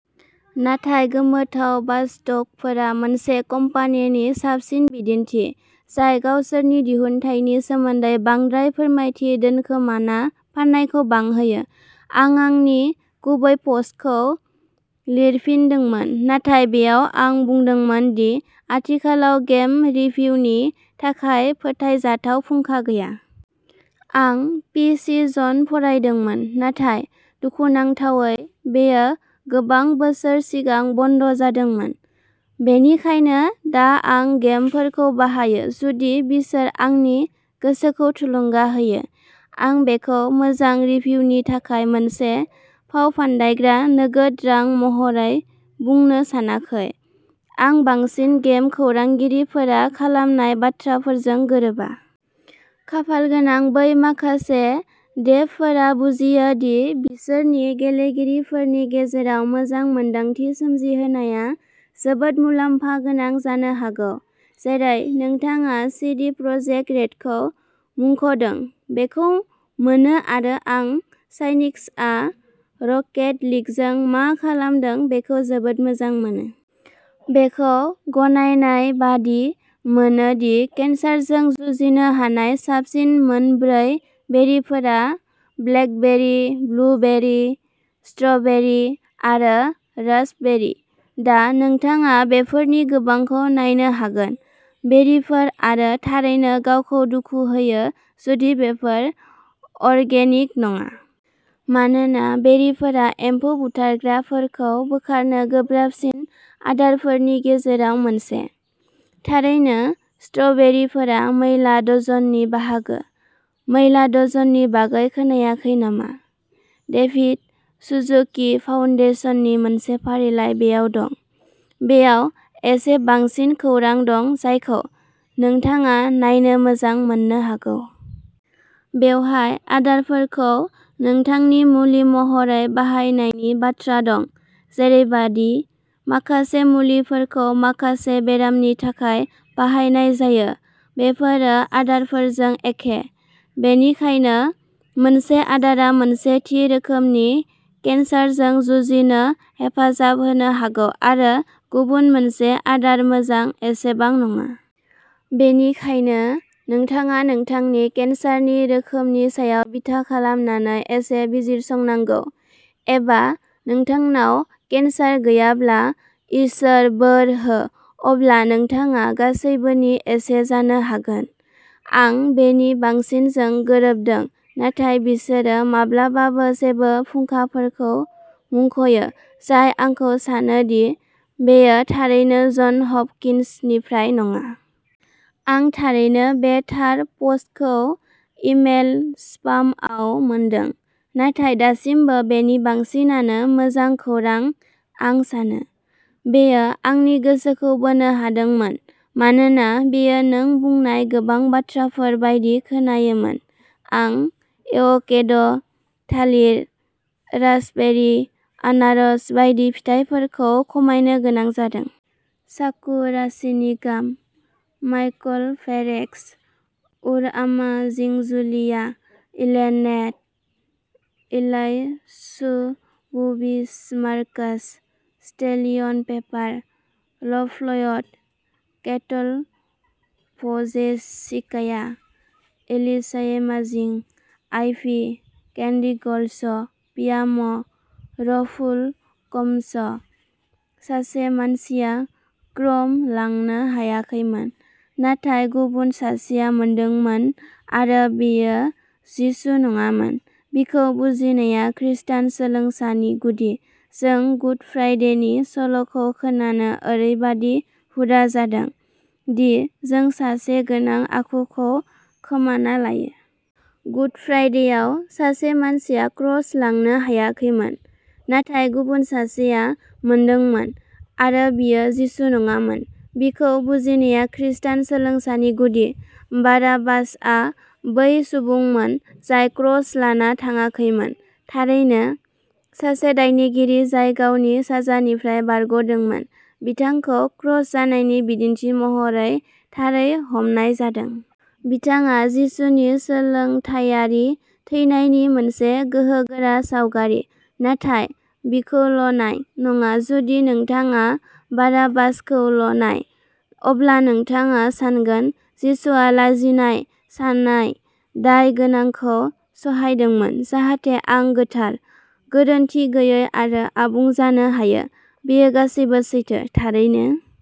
नाथाय गोमोथाव वाचडगफोरा मोनसे कम्पानिनि साबसिन बिदिन्थि, जाय गावसोरनि दिहुनथायनि सोमोन्दै बांद्राय फोरमायथि दोनखोमाना फाननायखौ बांहोयो। आं आंनि गुबै पस्टखौ लिरफिनदोंमोन, नाथाय बेयाव आं बुंदोंमोन दि आथिखालाव गेम रिभिउनि थाखाय फोथायजाथाव फुंखा गैया। आं पि सि जन फरायदोंमोन, नाथाय दुखुनांथावै बेयो गोबां बोसोर सिगां बन्द' जादोंमोन, बेनिखायनो दा आं गेमफोरखौ बाहायो जुदि बिसोर आंनि गोसोखौ थुलुंगा होयो। आं बेखौ मोजां रिभिउनि थाखाय मोनसे फावफान्दायग्रा नोगोद रां महरै बुंनो सानाखै, आं बांसिन गेम खौरांगिरिफोरा खालामनाय बाथ्राफोरजों गोरोबा। खाफालगोनां बै माखासे डेभफोरा बुजिया दि बिसोरनि गेलेगिरिफोरनि गेजेराव मोजां मोन्दांथि सोमजिहोनाया जोबोद मुलाम्फा गोनां जानो हागौ, जेरै नोंथाङा सिडि प्रजेक्ट रेडखौ मुंख'दों, बेखौ मोनो आरो आं साइनिक्सआ रकेट लीगजों मा खालामदों बेखौ जोबोद मोजां मोनो। बेखौ गनायनाय बादि मोनो दि केन्सारजों जुजिनो हानाय साबसिन मोन ब्रै बेरिफोरा ब्लेकबेरी, ब्लुबेरि, स्ट्र'बेरि आरो रास्पबेरी। दा, नोंथाङा बेफोरनि गोबांखौ नायनो हागोन। बेरिफोर आरो थारैनो गावखौ दुखु होयो जुदि बेफोर अर्गेनिक नङा। मानोना बेरिफोरा एम्फौ बुथारग्राफोरखौ बोखारनो गोब्राबसिन आदारफोरनि गेजेराव मोनसे। थारैनो स्ट्र'बेरिफोरा मैला डजननि बाहागो। मैला डजननि बागै खोनायाखै नामा? देभिद सुजुकि फाउन्डेशननि मोनसे फारिलाइ बेयाव दं। बेयाव एसे बांसिन खौरां दं जायखौ नोंथाङा नायनो मोजां मोननो हागौ। बेवहाय आदारफोरखौ नोंथांनि मुलि महरै बाहायनायनि बाथ्रा दं। जेरैबादि माखासे मुलिफोरखौ माखासे बेरामनि थाखाय बाहायनाय जायो, बेफोरो आदारफोरजों एखे। बेनिखायनो, मोनसे आदारा मोनसे थि रोखोमनि केन्सारजों जुजिनो हेफाजाब होनो हागौ आरो गुबुन मोनसे आदार मोजां एसेबां नङा। बेनिखायनो, नोंथाङा नोंथांनि केन्सारनि रोखोमनि सायाव बिथा खालामनानै एसे बिजिरसंनांगौ। एबा, नोंथांनाव केन्सार गैयाब्ला, इसोर बोर हो, अब्ला नोंथाङा गासैबोनि एसे जानो हागोन। आं बेनि बांसिनजों गोरोबदों नाथाय बिसोरो माब्लाबाबो जेबो फुंखाफोरखौ मुंख'यो जाय आंखौ सानो दि बेयो थारैनो जन हपकिन्सनिफ्राय नङा। आं थारैनो बे थार पस्टखौ इमेल स्पामआव मोनदों। नाथाय दासिमबो बेनि बांसिनानो मोजां खौरां, आं सानो। बेयो आंनि गोसोखौ बोनो हादोंमोन मानोना बेयो नों बुंनाय गोबां बाथ्राफोर बायदि खोनायोमोन। आं एव'केड', थालिर, रास्पबेरी, आनारस बायदि फिथाइफोरखौ खमायनो गोनां जादों। साकुराशिनिगाम। माइकलभेरएक्स। उरआमाजिंजुलिया इलेनेट एलाइसबुबिसमार्कास स्टेलियन पेपार लभफ्लयड केटलभजेसिकाया एलिसाएमाजिं आइभि केन्डिगर्लस' फियाम' रफुलकमशो। सासे मानसिया क्रस लांनो हायाखैमोन। नाथाय गुबुन सासेआ मोनदोंमोन-आरो बियो जिसु नङामोन। बिखौ बुजिनाया खृस्टान सोलोंसानि गुदि। जों गुड फ्राइडेनि सल'खौ खोनानो ओरैबादि हुदा जादों, दि जों सासे गोनां आखुखौ खोमाना लायो। गुड फ्राइडेयाव, सासे मानसिया क्रस लांनो हायाखैमोन। नाथाय गुबुन सासेआ मोनदोंमोन-आरो बियो जिसु नङामोन। बिखौ बुजिनाया खृस्टान सोलोंसानि गुदि। बाराबासआ बै सुबुंमोन जाय क्रस लाना थाङाखैमोन, थारैनो। सासे दायगिरि जाय गावनि साजानिफ्राय बारग'दोंमोन, बिथांखौ क्रस जानायनि बिदिन्थि महरै थारै हमनाय जादों। बिथाङा जिसुनि सोलायथायारि थैनायनि मोनसे गोहोगोरा सावगारि। नाथाय बिखौल'नाय नङा जुदि नोंथाङा बाराबासखौल'नाय, अब्ला नोंथाङा सानगोन जिसुआ लाजिनाय, सानाय, दाय गोनांखौ सहायदोंमोन, जाहाथे आं गोथार, गोरोनथि गैयै आरो आबुं जानो हायो। बेयो गासैबो सैथो, थारैनो।